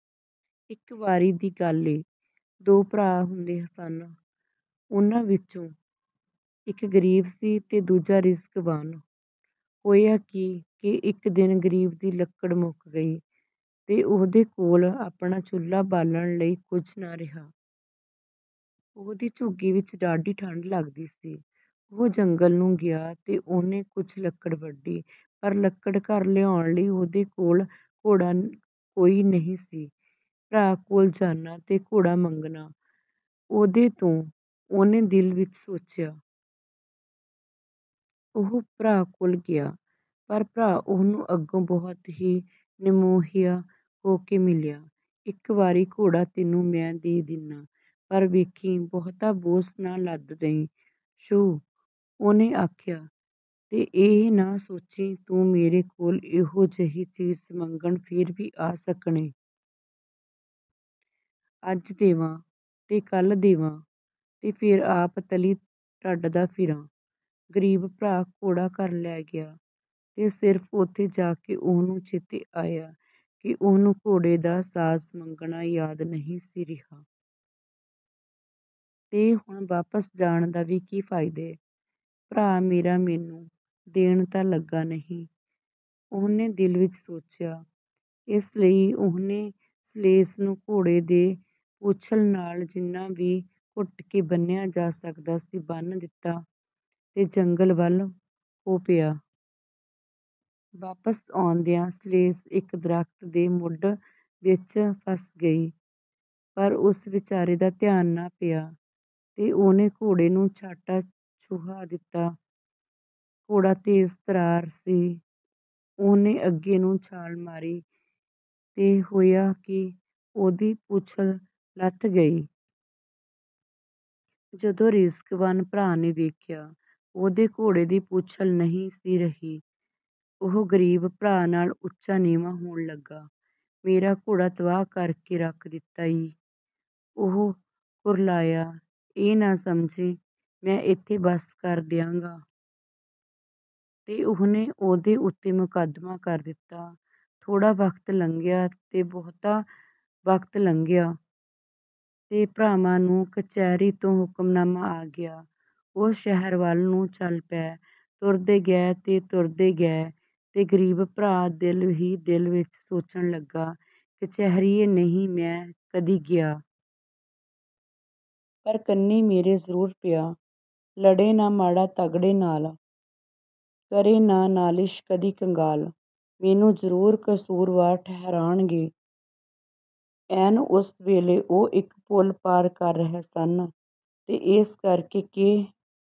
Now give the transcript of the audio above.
ਇੱਕ ਵਾਰੀ ਦੀ ਗੱਲ ਏ, ਦੋ ਭਰਾ ਹੁੰਦੇ ਸਨ। ਉਹਨਾਂ ਵਿਚੋਂ ਇੱਕ ਗ਼ਰੀਬ ਸੀ ਤੇ ਦੂਜਾ ਰਿਜ਼ਕਵਾਨ। ਹੋਇਆ ਕੀ ਕਿ ਇੱਕ ਦਿਨ ਗ਼ਰੀਬ ਦੀ ਲੱਕੜ ਮੁੱਕ ਗਈ, ਤੇ ਉਹਦੇ ਕੋਲ ਆਪਣਾ ਚੁਲ੍ਹਾ ਬਾਲਣ ਲਈ ਕੁਝ ਨਾ ਰਿਹਾ। ਉਹਦੀ ਝੁੱਗੀ ਵਿੱਚ ਡਾਢੀ ਠੰਢ ਲੱਗਦੀ ਸੀ। ਉਹ ਜੰਗਲ ਨੂੰ ਗਿਆ ਤੇ ਉਹਨੇ ਕੁਝ ਲੱਕੜ ਵੱਢੀ, ਪਰ ਲੱਕੜ ਘਰ ਲਿਆਉਣ ਲਈ ਉਹਦੇ ਕੋਲ ਘੋੜਾ ਕੋਈ ਨਹੀਂ ਸੀ। "ਭਰਾ ਕੋਲ ਜਾਨਾਂ ਤੇ ਘੋੜਾ ਮੰਗਨਾਂ ਉਹਦੇ ਤੋਂ," ਉਹਨੇ ਦਿਲ ਵਿੱਚ ਸੋਚਿਆ। ਉਹ ਭਰਾ ਕੋਲ ਗਿਆ, ਪਰ ਭਰਾ ਉਹਨੂੰ ਅੱਗੋਂ ਬਹੁਤ ਹੀ ਨਿਮੋਹਿਆ ਹੋ ਕੇ ਮਿਲਿਆ। "ਇਕ ਵਾਰੀ ਘੋੜਾ ਤੈਨੂੰ ਮੈਂ ਦੇ ਦੇਨਾਂ, ਪਰ ਵੇਖੀਂ, ਬਹੁਤਾ ਬੋਝ ਨਾ ਲੱਦ ਦਈਂ ਸੂ," ਉਹਨੇ ਆਖਿਆ। "ਤੇ ਇਹ ਨਾ ਸੋਚੀਂ, ਤੂੰ ਮੇਰੇ ਕੋਲ ਇਹੋ ਜਿਹੀ ਚੀਜ਼ ਮੰਗਣ ਫੇਰ ਵੀ ਆ ਸਕਣੈ। ਅੱਜ ਦੇਵਾਂ, ਤੇ ਕੱਲ੍ਹ ਦੇਵਾਂ, ਤੇ ਫੇਰ ਆਪ ਤਲੀ ਟੱਡਦਾ ਫਿਰਾਂ।" ਗ਼ਰੀਬ ਭਰਾ ਘੋੜਾ ਘਰ ਲੈ ਗਿਆ, ਤੇ ਸਿਰਫ਼ ਓਥੇ ਜਾ ਕੇ ਉਹਨੂੰ ਚੇਤੇ ਆਇਆ ਕਿ ਉਹਨੂੰ ਘੋੜੇ ਦਾ ਸਾਜ਼ ਮੰਗਣਾ ਯਾਦ ਨਹੀਂ ਸੀ ਰਿਹਾ। "ਤੇ ਹੁਣ ਵਾਪਸ ਜਾਣ ਦਾ ਵੀ ਕੀ ਫ਼ਾਇਦੈ, ਭਰਾ ਮੇਰਾ ਮੈਨੂੰ ਦੇਣ ਤਾਂ ਲੱਗਾ ਨਹੀਂ," ਉਹਨੇ ਦਿਲ ਵਿੱਚ ਸੋਚਿਆ। ਇਸ ਲਈ ਉਹਨੇ ਸਲੇਜ ਨੂੰ ਘੋੜੇ ਦੇ ਪੂਛਲ ਨਾਲ ਜਿੰਨਾ ਵੀ ਘੁੱਟ ਕੇ ਬੰਨ੍ਹਿਆ ਜਾ ਸਕਦਾ ਸੀ, ਬੰਨ੍ਹ ਦਿੱਤਾ, ਤੇ ਜੰਗਲ ਵੱਲ ਹੋ ਪਿਆ। ਵਾਪਸ ਆਉਂਦਿਆਂ ਸਲੇਜ ਇੱਕ ਦਰੱਖ਼ਤ ਦੇ ਮੁੱਢ ਵਿੱਚ ਫਸ ਗਈ, ਪਰ ਉਸ ਵਿਚਾਰੇ ਦਾ ਧਿਆਨ ਨਾ ਪਿਆ, ਤੇ ਉਹਨੇ ਘੋੜੇ ਨੂੰ ਛਾਂਟਾ ਛੁਹਾ ਦਿੱਤਾ। ਘੋੜਾ ਤੇਜ਼-ਤਰਾਰ ਸੀ; ਉਹਨੇ ਅੱਗੇ ਨੂੰ ਛਾਲ ਮਾਰੀ ਤੇ ਹੋਇਆ ਕੀ, ਉਹਦੀ ਪੂਛਲ ਲੱਥ ਗਈ। ਜਦੋਂ ਰਿਜ਼ਕਵਾਨ ਭਰਾ ਨੇ ਵੇਖਿਆ, ਉਹਦੇ ਘੋੜੇ ਦੀ ਪੂਛਲ ਨਹੀਂ ਸੀ ਰਹੀ, ਉਹ ਗ਼ਰੀਬ ਭਰਾ ਨਾਲ ਉੱਚਾ-ਨੀਵਾਂ ਹੋਣ ਲੱਗਾ। "ਮੇਰਾ ਘੋੜਾ ਤਬਾਹ ਕਰ ਕੇ ਰੱਖ ਦਿੱਤਾ ਈ!" ਉਹ ਕੁਰਲਾਇਆ। "ਇਹ ਨਾ ਸਮਝੀਂ, ਮੈਂ ਏਥੇ ਬੱਸ ਕਰ ਦਿਆਂਗਾ!" ਤੇ ਉਹਨੇ ਉਹਦੇ ਉਤੇ ਮੁਕੱਦਮਾ ਕਰ ਦਿੱਤਾ। ਥੋੜ੍ਹਾ ਵਕਤ ਲੰਘਿਆ ਤੇ ਬਹੁਤਾ ਵਕਤ ਲੰਘਿਆ, ਤੇ ਭਰਾਵਾਂ ਨੂੰ ਕਚਹਿਰੀ ਤੋਂ ਹੁਕਮਨਾਮਾ ਆ ਗਿਆ। ਉਹ ਸ਼ਹਿਰ ਵੱਲ ਨੂੰ ਚਲ ਪਏ, ਤੁਰਦੇ ਗਏ ਤੇ ਤੁਰਦੇ ਗਏ, ਤੇ ਗ਼ਰੀਬ ਭਰਾ ਦਿਲ ਹੀ ਦਿਲ ਵਿੱਚ ਸੋਚਣ ਲੱਗਾ, "ਕਚਹਿਰੀਏ ਨਹੀਂ ਮੈਂ ਕਦੀ ਗਿਆ। ਪਰ ਕੰਨੀਂ ਮੇਰੇ ਜ਼ਰੂਰ ਪਿਆ। ਲੜੇ ਨਾ ਮਾੜਾ ਤਗੜੇ ਨਾਲ। ਕਰੇ ਨਾ ਨਾਲਿਸ਼ ਕਦੀ ਕੰਗਾਲ। ਮੈਨੂੰ ਜ਼ਰੂਰ ਕਸੂਰਵਾਰ ਠਹਿਰਾਣਗੇ।" ਐਨ ਉਸ ਵੇਲੇ ਉਹ ਇੱਕ ਪੁਲ ਪਾਰ ਕਰ ਰਹੇ ਸਨ, ਤੇ ਏਸ ਕਰਕੇ ਕਿ